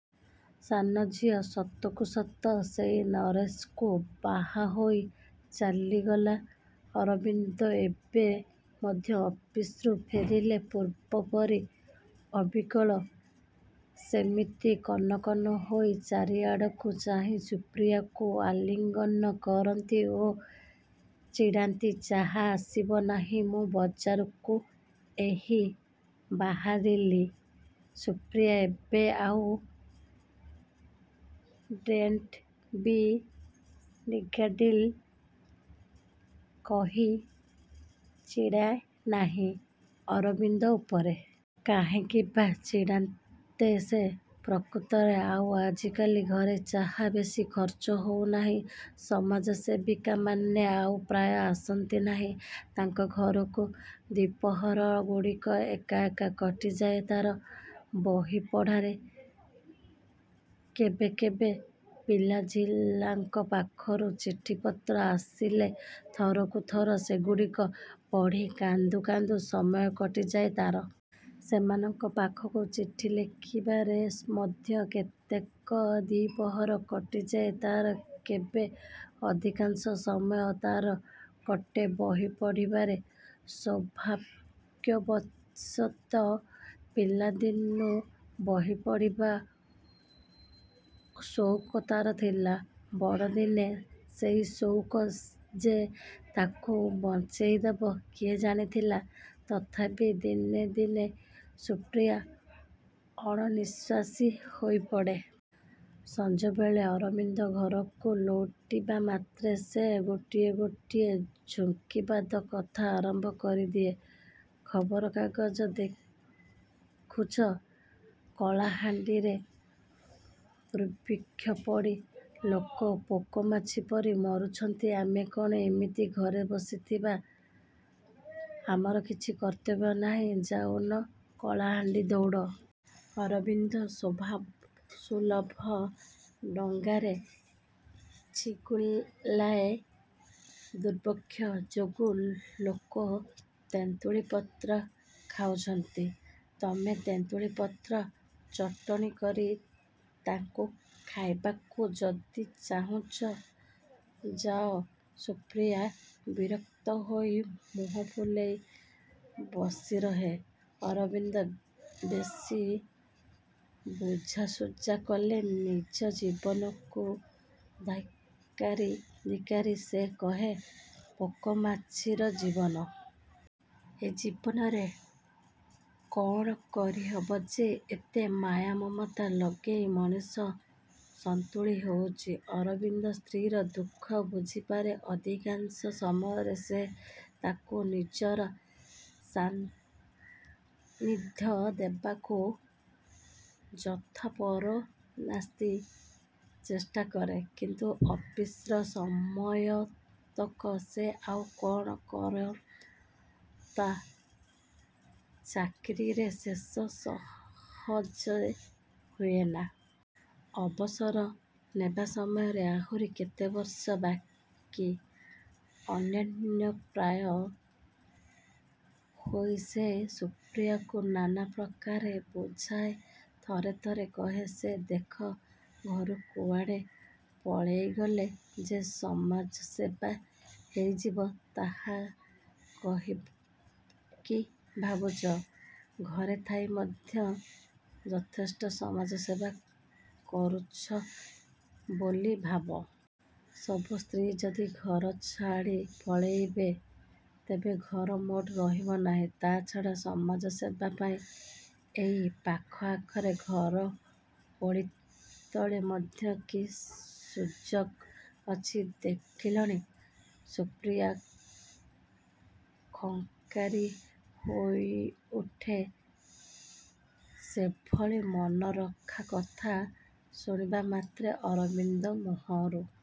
ସାନଝିଅ ସତକୁ ସତ ସେଇ ନରେଶକୁ ବାହା ହୋଇ ଚାଲିଗଲା। ଅରବିନ୍ଦ ଏବେ ମଧ୍ୟ ଅଫିସରୁ ଫେରିଲେ ପୂର୍ବପରି ଅବିକଳ ସେମିତି କନକନ ହୋଇ ଚାରିଆଡ଼କୁ ଚାହିଁ ସୁପ୍ରିୟାକୁ ଆଲିଙ୍ଗନ କରନ୍ତି ଓ ଚିଡ଼ାନ୍ତି, ଚା ଆସିବ ନାହିଁ? ମୁଁ ବଜାରକୁ ଏହି ବାହାରିଲି। ସୁପ୍ରିୟା ଏବେ ଆଉ "ଡୋଣ୍ଟ ବି ନିଗାର୍ଡଲି" କହି ଚିଡ଼ା ନାହିଁ ଅରବିନ୍ଦ ଉପରେ। କାହିଁକି ବା ଚିଡ଼ାନ୍ତେ ସେ। ପ୍ରକୃତରେ ଆଉ ଆଜିକାଲି ଘରେ ଚା' ବେଶୀ ଖର୍ଚ୍ଚ ହେଉନାହିଁ। ସମାଜସେବିକାମାନେ ଆଉ ପ୍ରାୟ ଆସନ୍ତି ନାହିଁ ତାଙ୍କ ଘରକୁ। ଦ୍ୱିପ୍ରହରଗୁଡ଼ିକ ଏକା ଏକା କଟିଯାଏ ତାର ବହି ପଢ଼ାରେ। କେବେ କେବେ ପିଲାଝିଲାଙ୍କ ପାଖରୁ ଚିଠିପତ୍ର ଆସିଥିଲେ ଥରକୁ ଥର ସେଗୁଡ଼ିକ ପଢ଼ି, କାନ୍ଦୁ କାନ୍ଦୁ ସମୟ କଟିଯାଏ ତାର। ସେମାନଙ୍କ ପାଖକୁ ଚିଠି ଲେଖିବାରେ ମଧ୍ୟ କେତେକ ଦ୍ୱିପ୍ରହର କଟିଯାଏ ତାର, କେବେ ଅଧିକାଂଶ ସମୟ ତାର କଟେ ବହି ପଢି ବାରେ। ସୌଭାଗ୍ୟବଶତ ପିଲାଦିନୁ ବହି ପଢ଼ିବାର ସଉକ ତାର ଥିଲା। ବଡ଼ଦିନେ ସେଇ ସଉକ ଯେ ତାକୁ ବଞ୍ଚେଇଦେବ କିଏ ଜାଣିଥିଲା! ତଥାପି ଦିନେ ଦିନେ ସୁପ୍ରିୟା ଅଣନିଶ୍ୱାସୀ ହୋଇପଡ଼େ। ସଞ୍ଜବେଳେ ଅରବିନ୍ଦ ଘରକୁ ଲେଉଟିବା ମାତ୍ରେ ସେ ଗୋଟିଏ ଗୋଟିଏ ଝୁଙ୍କିବାଦ କଥା ଆରମ୍ଭ କରିଦିଏ। ଖବରକାଗଜ ଦେଖିଛ କଳାହାଣ୍ଡିରେ ଦୁର୍ଭିକ୍ଷ ପଡ଼ି ଲୋକ ପୋକମାଛି ପରି ମରୁଛନ୍ତି। ଆମେ କ'ଣ ଏମିତି ଘରେ ବସିଥିବା ଆମର କିଛି କର୍ତ୍ତବ୍ୟ ନାହିଁ ଯାଉନ କଳାହାଣ୍ଡି ଦୌଡ଼। ଅରବିନ୍ଦ ସ୍ୱଭାବସୁଲଭ ଢଙ୍ଗରେ ଛିଗୁଲାଏ, ଦୁର୍ଭିକ୍ଷ ଯୋଗୁଁ ଲୋକେ ତେନ୍ତୁଳି ପତ୍ର ଖାଉଛନ୍ତି। ତମେ ତେନ୍ତୁଳି ପତ୍ର ଚଟଣି କରି ତାଙ୍କୁ ଖାଇବାକୁ ଯଦି ଚାହୁଁଛ ଯାଅ। ସୁପ୍ରିୟା ବିରକ୍ତ ହୋଇ ମୁହଁ ଫୁଲେଇ ବସିରହେ। ଅରବିନ୍ଦ ବେଶୀ ବୁଝାସୁଝା କଲେ ନିଜ ଜୀବନକୁ ଧାକ୍କାରି ଧିକ୍କାରି ସେ କହେ, ପୋକମାଛିର ଜୀବନ। ଏ ଜୀବନରେ କଅଣ କରିହେବ ଯେ ଏତେ ମାୟାମମତା ଲଗେଇ ମଣିଷ ସନ୍ତୁଳି ହେଉଛି। ଅରବିନ୍ଦ ସ୍ତ୍ରୀର ଦୁଃଖ ବୁଝିପାରେ। ଅଧିକାଂଶ ସମୟରେ ସେ ତାକୁ ନିଜର ସାନ୍ନିଧ୍ୟ ଦେବାକୁ ଯଥୋପରୋନାସ୍ତି ଚେଷ୍ଟା କରେ। କିନ୍ତୁ ଅଫିସ ସମୟତକ ସେ ଆଉ କଣ କରନ୍ତା ଚାକିରିର ଶେଷ ସହଜେ ହୁଏନା। ଅବସର ନେବା ସମୟ ଆହୁରି କେତେ ବର୍ଷ ବାକି। ଅନନ୍ୟୋପାୟ ହୋଇ ସେ ସୁପ୍ରିୟାକୁ ନାନା ପ୍ରକାରେ ବୁଝାଏ। ଥରେ ଥରେ କହେ ସେ, ଦେଖ ଘରୁ କୁଆଡ଼େ ପଳେଇଗଲେ ଯେ ସମାଜସେବା ହୋଇଯିବ ତା' କାହିଁକି ଭାବୁଛ? ଘରେ ଥାଇ ମଧ୍ୟ ଯଥେଷ୍ଟ ସମାଜସେବା କରୁଛ ବୋଲି ଭାବ। ସବୁ ସ୍ତ୍ରୀ ଯଦି ଘର ଛାଡ଼ି ପଳେଇବେ ତେବେ ଘର ମୋଟେ ରହିବ ନାହିଁ। ତା ଛଡ଼ା ସମାଜସେବା ପାଇଁ ଏଇ ଆଖପାଖରେ ଘର ଓଳି ତଳେ ମଧ୍ୟ କି ସୁଯୋଗ ଅଛି ଦେଖିଲଣି? ସୁପ୍ରିୟା ଖିଙ୍କାରି ହୋଇଉଠେ ସେଭଳି ମନରଖା କଥା ଶୁଣିବା ମାତ୍ରେ ଅରବିନ୍ଦ ମୁହଁରୁ।